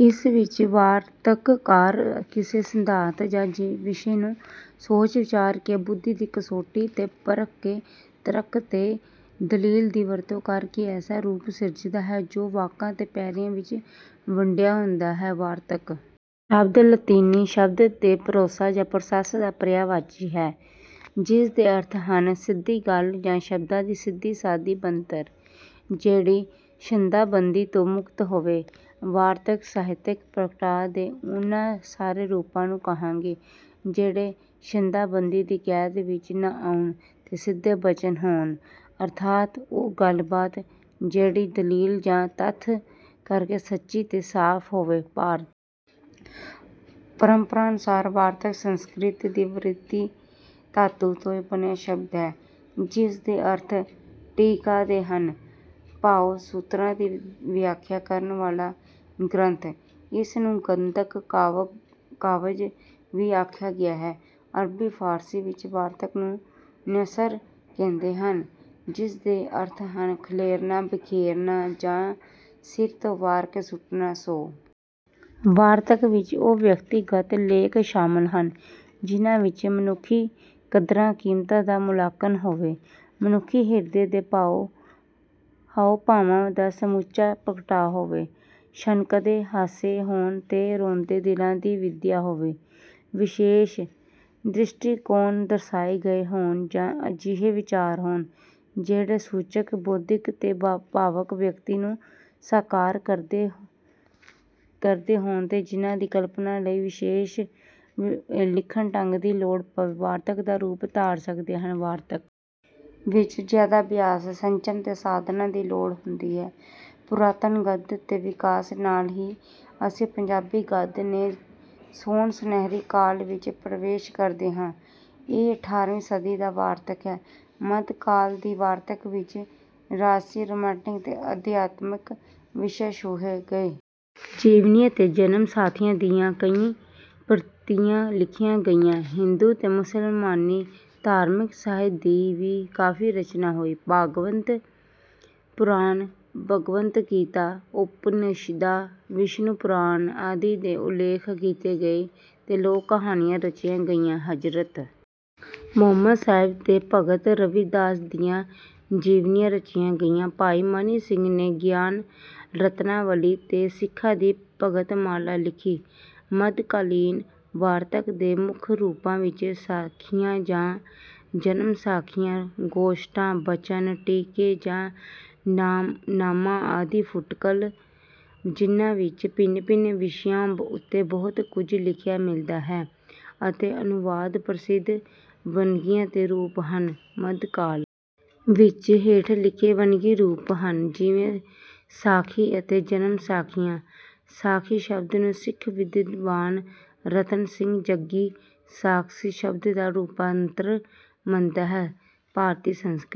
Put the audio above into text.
ਇਸ ਵਿੱਚ ਵਾਰਤਕਕਾਰ ਕਿਸੇ ਸਿੱਧਾਂਤ ਜਾਂ ਵਿਸ਼ੇ ਨੂੰ ਸੋਚ-ਵਿਚਾਰ ਕੇ, ਬੁੱਧੀ ਦੀ ਕਸੌਟੀ 'ਤੇ ਪਰਖ ਕੇ, ਤਰਕ ਤੇ ਦਲੀਲ ਦੀ ਵਰਤੋਂ ਕਰ ਕੇ ਐਸਾ ਰੂਪ ਸਿਰਜਦਾ ਹੈ, ਜੋ ਵਾਕਾਂ ਤੇ ਪੈਰਿਆਂ ਵਿੱਚ ਵੰਡਿਆ ਹੁੰਦਾ ਹੈ।‘ਵਾਰਤਕ’ ਸ਼ਬਦ ਲਾਤੀਨੀ ਸ਼ਬਦ ਦੇ ‘ਪ੍ਰੋਸਾ’ ਜਾਂ ‘ਪ੍ਰੋਸਸ’ ਦਾ ਪਰਿਆਵਾਚੀ ਹੈ, ਜਿਸ ਦੇ ਅਰਥ ਹਨ—‘ਸਿੱਧੀ ਗੱਲ ਜਾਂ ਸ਼ਬਦਾਂ ਦੀ ਸਿੱਧੀ-ਸਾਦੀ ਬਣਤਰ, ਜਿਹੜੀ ਛੰਦਾਬੰਦੀ ਤੋਂ ਮੁਕਤ ਹੋਵੇ।’‘ਵਾਰਤਕ’ ਸਾਹਿਤਕ ਪ੍ਰਗਟਾਅ ਦੇ ਉਹਨਾਂ ਸਾਰੇ ਰੂਪਾਂ ਨੂੰ ਕਹਾਂਗੇ, ਜਿਹੜੇ ਛੰਦਾਬੰਦੀ ਦੀ ਕੈਦ ਵਿੱਚ ਨਾ ਆਉਣ ਤੇ ਸਿੱਧੇ ਬਚਨ ਹੋਣ; ਅਰਥਾਤ, ਉਹ ਗੱਲਬਾਤ ਜਿਹੜੀ ਦਲੀਲ ਜਾਂ ਤੱਥ ਕਰਕੇ ਸੱਚੀ ਤੇ ਸਾਫ਼ ਹੋਵੇ। ਭਾਰਤੀ ਪ੍ਰੰਪਰਾ ਅਨੁਸਾਰ ‘ਵਾਰਤਕ’ ਸੰਸਕ੍ਰਿਤ ਦੀ ‘ਵ੍ਰਿਤਿ’ ਧਾਤੂ ਤੋਂ ਬਣਿਆ ਸ਼ਬਦ ਹੈ, ਜਿਸ ਦੇ ਅਰਥ ‘ਟੀਕਾ’ ਦੇ ਹਨ, ਭਾਵ ਸੂਤਰਾਂ ਦੀ ਵਿਆਖਿਆ ਕਰਨ ਵਾਲਾ ‘ਗ੍ਰੰਥ’। ਇਸ ਨੂੰ ‘ਗਦਯ-ਕਾਵਯ’ ਵੀ ਆਖਿਆ ਗਿਆ ਹੈ। ਅਰਬੀ, ਫ਼ਾਰਸੀ ਵਿੱਚ ਵਾਰਤਕ ਨੂੰ ‘ਨਸਰ’ ਕਹਿੰਦੇ ਹਨ, ਜਿਸ ਦੇ ਅਰਥ ਹਨ—ਖਿਲੇਰਨਾ, ਬਿਖੇਰਨਾ ਜਾਂ ਸਿਰ ਤੋਂ ਵਾਰ ਕੇ ਸੁੱਟਣਾ। ਸੋ, ਵਾਰਤਕ ਵਿੱਚ ਉਹ ਵਿਅਕਤੀਗਤ ਲੇਖ ਸ਼ਾਮਲ ਹਨ, ਜਿਨ੍ਹਾਂ ਵਿੱਚ ਮਨੁੱਖੀ ਕਦਰਾਂ-ਕੀਮਤਾਂ ਦਾ ਮੁਲਾਂਕਣ ਹੋਵੇ, ਮਨੁੱਖੀ ਹਿਰਦੇ ਦੇ ਹਾਵ-ਭਾਵਾਂ ਦਾ ਸਮੁੱਚਾ ਪ੍ਰਗਟਾਅ ਹੋਵੇ, ਛਣਕਦੇ ਹਾਸੇ ਹੋਣ ਤੇ ਰੋਂਦੇ ਦਿਲਾਂ ਦੀ ਵਿਧਿਆ ਹੋਵੇ, ਵਿਸ਼ੇਸ਼ ਦ੍ਰਿਸ਼ਟੀਕੋਣ ਦਰਸਾਏ ਗਏ ਹੋਣ ਜਾਂ ਅਜਿਹੇ ਵਿਚਾਰ ਹੋਣ, ਜਿਹੜੇ ਸੂਚਕ, ਬੌਧਿਕ ਤੇ ਭਾਵਕ ਵਿਅਕਤੀ ਨੂੰ ਸਾਕਾਰ ਕਰਦੇ ਹੋਣ ਤੇ ਜਿਨ੍ਹਾਂ ਦੀ ਕਲਪਨਾ ਲਈ ਵਿਸ਼ੇਸ਼ ਲਿਖਣ-ਢੰਗ ਦੀ ਲੋੜ ਪਵੇ, ਵਾਰਤਕ ਦਾ ਰੂਪ ਧਾਰ ਸਕਦੇ ਹਨ। ਵਾਰਤਕ ਵਿੱਚ ਜ਼ਿਆਦਾ ਅਭਿਆਸ, ਸੰਜਮ ਤੇ ਸਾਧਨਾ ਦੀ ਲੋੜ ਹੁੰਦੀ ਹੈ। ਪੁਰਾਤਨ ਗੱਦ ਦੇ ਵਿਕਾਸ ਨਾਲ ਹੀ ਅਸੀਂ ਪੰਜਾਬੀ ਗੱਦ ਦੇ ਸੋਨ-ਸੁਨਹਿਰੀ ਕਾਲ ਵਿੱਚ ਪ੍ਰਵੇਸ਼ ਕਰਦੇ ਹਾਂ। ਇਹ ਅਠਾਰ੍ਹਵੀਂ ਸਦੀ ਦਾ ਵਾਰਤਕ ਹੈ। ਮੱਧਕਾਲ ਦੀ ਵਾਰਤਕ ਵਿੱਚ ਰਾਜਸੀ, ਰੋਮਾਂਟਿਕ ਤੇ ਅਧਿਆਤਮਿਕ ਵਿਸ਼ੇ ਛੁਹੇ ਗਏ। ਜੀਵਨੀਆਂ ਤੇ ਜਨਮਸਾਖੀਆਂ ਦੀਆਂ ਕਈ ਪ੍ਰਤੀਆਂ ਲਿਖੀਆਂ ਗਈਆਂ। ਹਿੰਦੂ ਤੇ ਮੁਸਲਮਾਨੀ ਧਾਰਮਿਕ ਸਾਹਿਤ ਦੀ ਵੀ ਕਾਫ਼ੀ ਰਚਨਾ ਹੋਈ। ਭਾਗਵਤ ਪੁਰਾਣ, ਭਗਵਦ ਗੀਤਾ, ਉਪਨਿਸ਼ਦਾਂ, ਵਿਸ਼ਨੂੰ ਪੁਰਾਣ ਆਦਿ ਦੇ ਉੱਲੇਖ ਕੀਤੇ ਗਏ ਤੇ ਲੋਕ-ਕਹਾਣੀਆਂ ਰਚੀਆਂ ਗਈਆਂ। ਹਜ਼ਰਤ ਮੁਹੰਮਦ ਸਾਹਿਬ ਤੇ ਭਗਤ ਰਵਿਦਾਸ ਦੀਆਂ ਜੀਵਨੀਆਂ ਰਚੀਆਂ ਗਈਆਂ। ਭਾਈ ਮਨੀ ਸਿੰਘ ਨੇ ‘ਗਿਆਨ ਰਤਨਾਵਲੀ’ ਤੇ ਸਿੱਖਾਂ ਦੀ ਭਗਤਮਾਲਾ ਲਿਖੀ। ਮੱਧਕਾਲੀਨ ਵਾਰਤਕ ਦੇ ਮੁੱਖ ਰੂਪਾਂ ਵਿੱਚ ਸਾਖੀਆਂ ਜਾਂ ਜਨਮ-ਸਾਖੀਆਂ, ਗੋਸ਼ਟਾਂ, ਬਚਨ, ਟੀਕੇ ਜਾਂ ਨਾਮਾ ਆਦਿ, ਫੁਟਕਲ, ਜਿਨ੍ਹਾਂ ਵਿੱਚ ਭਿੰਨ-ਭਿੰਨ ਵਿਸ਼ਿਆਂ ਉੱਤੇ ਬਹੁਤ ਕੁਝ ਲਿਖਿਆ ਮਿਲਦਾ ਹੈ, ਅਤੇ ਅਨੁਵਾਦ ਪ੍ਰਸਿੱਧ ਵੰਨਗੀਆਂ ਤੇ ਰੂਪ ਹਨ। ਮੱਧਕਾਲ ਵਿੱਚ ਹੇਠ ਲਿਖੇ ਵੰਨਗੀ ਰੂਪ ਹਨ, ਜਿਵੇਂ—ਸਾਖੀ ਅਤੇ ਜਨਮਸਾਖੀਆਂ: ਸਾਖੀ ਸ਼ਬਦ ਨੂੰ ਸਿੱਖ ਵਿਦਵਾਨ ਰਤਨ ਸਿੰਘ ਜੱਗੀ ‘ਸਾਕਸੀ’ ਸ਼ਬਦ ਦਾ ਰੂਪਾਂਤਰਣ ਮੰਨਦਾ ਹੈ। ਭਾਰਤੀ ਸੰਸਕ੍ਰਿਤੀ...